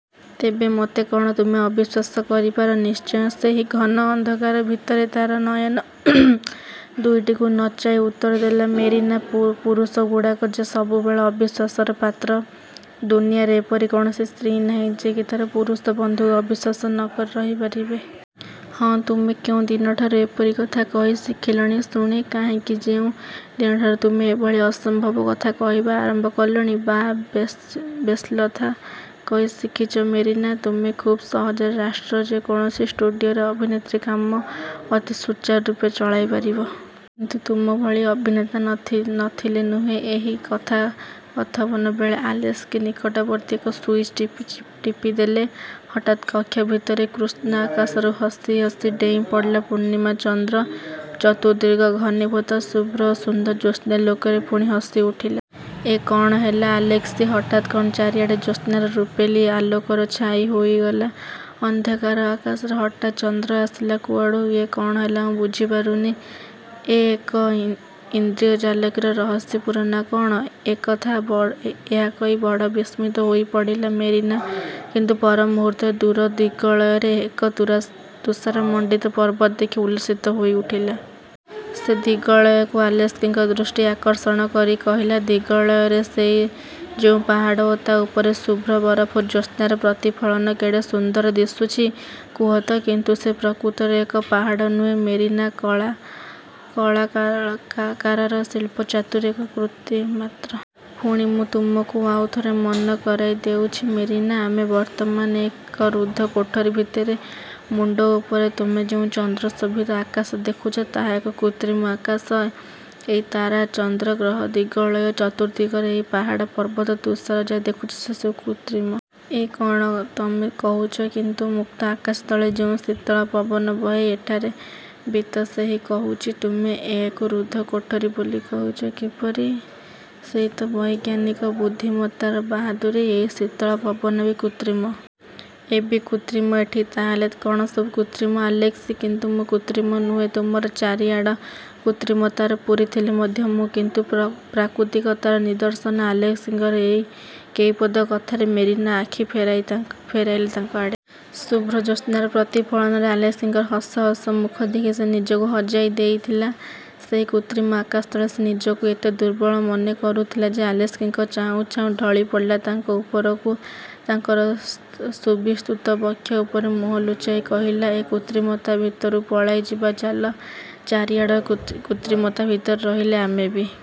'' ''ତେବେ ମୋତେ କ'ଣ ତୁମେ ଅବିଶ୍ୱାସ କରିପାର? '' ''ନିଶ୍ଚୟ''–ସେହି ଘନ ଅନ୍ଧକାର ଭିତରେ ତାର ନୟନ ଦୁଇଟିକୁ ନଚାଇ ଉତ୍ତର ଦେଲା ମେରିନା, ''ପୁରୁଷଗୁଡ଼ାକ ଯେ ସବୁବେଳେ ଅବିଶ୍ୱାସର ପାତ୍ର। ଦୁନିଆଁରେ ଏପରି କୌଣସି ସ୍ତ୍ରୀ ନାହିଁ ଯେ କି ତାର ପୁରୁଷବନ୍ଧୁକୁ ଅବିଶ୍ୱାସ ନ କରି ରହିପାରେ। '' ''ହୁଁ, ତୁମେ କେଉଁ ଦିନଠାରୁ ଏପରି କଥା କହିଶିଖିଲଣି ଶୁଣେ। '' ''କାହିଁକି? ଯେଉଁ ଦିନଠାରୁ ତୁମେ ଏଭଳି ଅସମ୍ଭବ କଥା କହିବା ଆରମ୍ଭ କଲଣି। '' ''ବାଃ, ବେଶ୍କଥା କହିଶିଖିଛ ମେରିନା! ତୁମେ ଖୁବ୍ ସହଜରେ ରାଷ୍ଟ୍ରର ଯେକୌଣସି ଷ୍ଟୁଡ଼ିଓରେ ଅଭିନେତ୍ରୀ କାମ ଅତି ସୂଚାରୁରୂପେ ଚଳାଇ ପାରିବ। '' ''କିନ୍ତୁ ତୁମ ଭଳି ଅଭିନେତା ନ ଥିଲେ ନୁହେଁ। '' ଏହି କଥୋପକଥନବେଳେ ଆଲେସ୍କି ନିକଟବର୍ତ୍ତୀ ଏକ ସୁଇଚ୍ ଟିପିଦେଲେ। ହଠାତ୍ କକ୍ଷ ଭିତରର କୃଷ୍ଣ ଆକାଶକୁ ହସି ହସି ଡେଇଁ ପଡ଼ିଲା ପୂର୍ଣ୍ଣମୀ ଚନ୍ଦ୍ର। ଚତୁର୍ଦ୍ଦିଗ ଘନୀଭୂତ ଶୁଭ୍ର ଓ ସୁନ୍ଦର ଜ୍ୟୋତ୍ସ୍ନାଲୋକରେ ପୁଣି ହସି ଉଠିଲା। ''ଏ କ'ଣ ହେଲା ଆଲେସ୍କି? ହଠାତ୍ କ'ଣ ଚାରିଆଡ଼ ଜ୍ୟୋତ୍ସ୍ନାର ରୂପେଲି ଆଲୋକରେ ଛାଇ ହୋଇଗଲା! ଅନ୍ଧକାର ଆକାଶରେ ହଠାତ୍ ଚନ୍ଦ୍ର ଆସିଲା କୁଆଡ଼ୁ? ଏ କ'ଣ ହେଲା ମୁଁ ବୁଝିପାରୁନି। ଏ ଏକ ଐନ୍ଦ୍ରଜାଲିକର ରହସ୍ୟପୁରୀ ନା କଅଣ? '' ଏହା କହି ବଡ଼ ବିସ୍ମିତ ହୋଇପଡ଼ିଲା ମେରିନା; କିନ୍ତୁ ପରମୂହୂର୍ତ୍ତରେ ଦୂର ଦିଗ୍ବଳୟରେ ଏକ ତୁଷାରମଣ୍ଡିତ ପର୍ବତ ଦେଖି ଉଲ୍ଲସିତ ହୋଇଉଠିଲା। ସେ ଦିଗ୍ବଳୟକୁ ଆଲେସ୍କିଙ୍କ ଦୃଷ୍ଟି ଆକର୍ଷଣ କରି କହିଲା, ''ଦିଗ୍ବଳୟରେ ସେଇ ଯେଉଁ ପାହାଡ଼ ଓ ତା ଉପରେ ଶୁଭ୍ର ବରଫରେ ଜ୍ୟୋତ୍ସ୍ନାର ପ୍ରତିଫଳନ କେଡ଼େ ସୁନ୍ଦର ଦିଶୁଛି କୁହ ତ? '' ''କିନ୍ତୁ ସେ ଯେ ପ୍ରକୃତରେ ଏକ ପାହାଡ଼ ନୁହେଁ ମେରିନା! କଳାକାରର ଶିଳ୍ପ ଚାତୁରୀର ଏକ କୃତି ମାତ୍ର। ପୁଣି ମୁଁ ତୁମକୁ ଆଉ ଥରେ ମନେ କରାଇ ଦେଉଛି ମେରିନା, ଆମେ ବର୍ତ୍ତମାନ ଏକ ରୁଦ୍ଧ କୋଠରି ଭିତରେ। ମୁଣ୍ଡ ଉପରେ ତୁମେ ଯେଉଁ ଚନ୍ଦ୍ର ଶୋଭିତ ଆକାଶ ଦେଖୁଛ, ତାହା ଏକ କୃତ୍ରିମ ଆକାଶ। ଏଇ ତାରା, ଚନ୍ଦ୍ର, ଗ୍ରହ, ଦିଗ୍ବଳୟ ଚତୁର୍ଦ୍ଦିଗର ଏହି ପାହାଡ଼ ପର୍ବତ, ତୁଷାର ଯାହା ଦେଖୁଛ ସେସବୁ କୃତ୍ରିମ। '' ''ଏଁ, କ'ଣ ତମେ କହୁଛ? '' କିନ୍ତୁ ମୁକ୍ତ ଆକାଶତଳେ ଯେଉଁ ଶୀତଳ ପବନ ବହେ ଏଠାରେ ବିତ ସେହି ବହୁଛି। ତୁମେ ଏହେକୁ ରୁଦ୍ଧ କୋଠରି ବୋଲି କହୁଛ କିପରି? '' ''ସେଇ ତ ବୈଜ୍ଞାନିକ ବୁଦ୍ଧିମତ୍ତାର ବାହାଦୁରୀ। ଏଇ ଶୀତଳ ପବନ ବି କୃତ୍ରିମ। '' ''ଏ ବି କୃତ୍ରିମ ଏଠି ତା' ହେଲେ କ'ଣ ସବୁ କୃତ୍ରିମ ଆଲେସ୍କି? '' ''କିନ୍ତୁ ମୁଁ କୃତ୍ରିମ? ନୁହେଁ। ତୁମର ଚାରିଆଡ଼ କୃତ୍ରିମତାରେ ପୂରିଥିଲେ ମଧ୍ୟ ମୁଁ କିନ୍ତୁ ପ୍ରାକୃତିକତାର ନିଦର୍ଶନ। '' ଆଲେସ୍କିଙ୍କର ଏଇ କେଇପଦ କଥାରେ ମେରିନା ଆଖି ଫେରାଇଲା ତାଙ୍କ ଆଡ଼େ। ଶୁଭ୍ର ଜ୍ୟୋତ୍ସ୍ନାର ପ୍ରତିଫଳନରେ ଆଲେସ୍କିଙ୍କର ହସହସ ମୁଖ ଦେଖି ସେ ନିଜକୁ ହଜାଇ ଦେଇଥିଲା ସେହି କୃତ୍ରିମ ଆକାଶତଳେ। ସେ ନିଜକୁ ଏତେ ଦୁର୍ବଳ ମନେ କରୁଥିଲା ଯେ, ଆଲେସ୍କିଙ୍କୁ ଚାହୁଁ ଚାହୁଁ ଢଳିପଡ଼ିଲା ତାଙ୍କ ଉପରକୁ। ତାଙ୍କର ସୁବିସ୍ତୃତ ବକ୍ଷ ଉପରେ ମୁହଁ ଲୁଚାଇ କହିଲା, ''ଏ କୃତ୍ରିମତା ଭିତରୁ ପଳାଇଯିବା ଚାଲ। ଚାରିଆଡ଼ର କୃତ୍ରିମତା ଭିତରେ ରହିଲେ ଆମେ ବି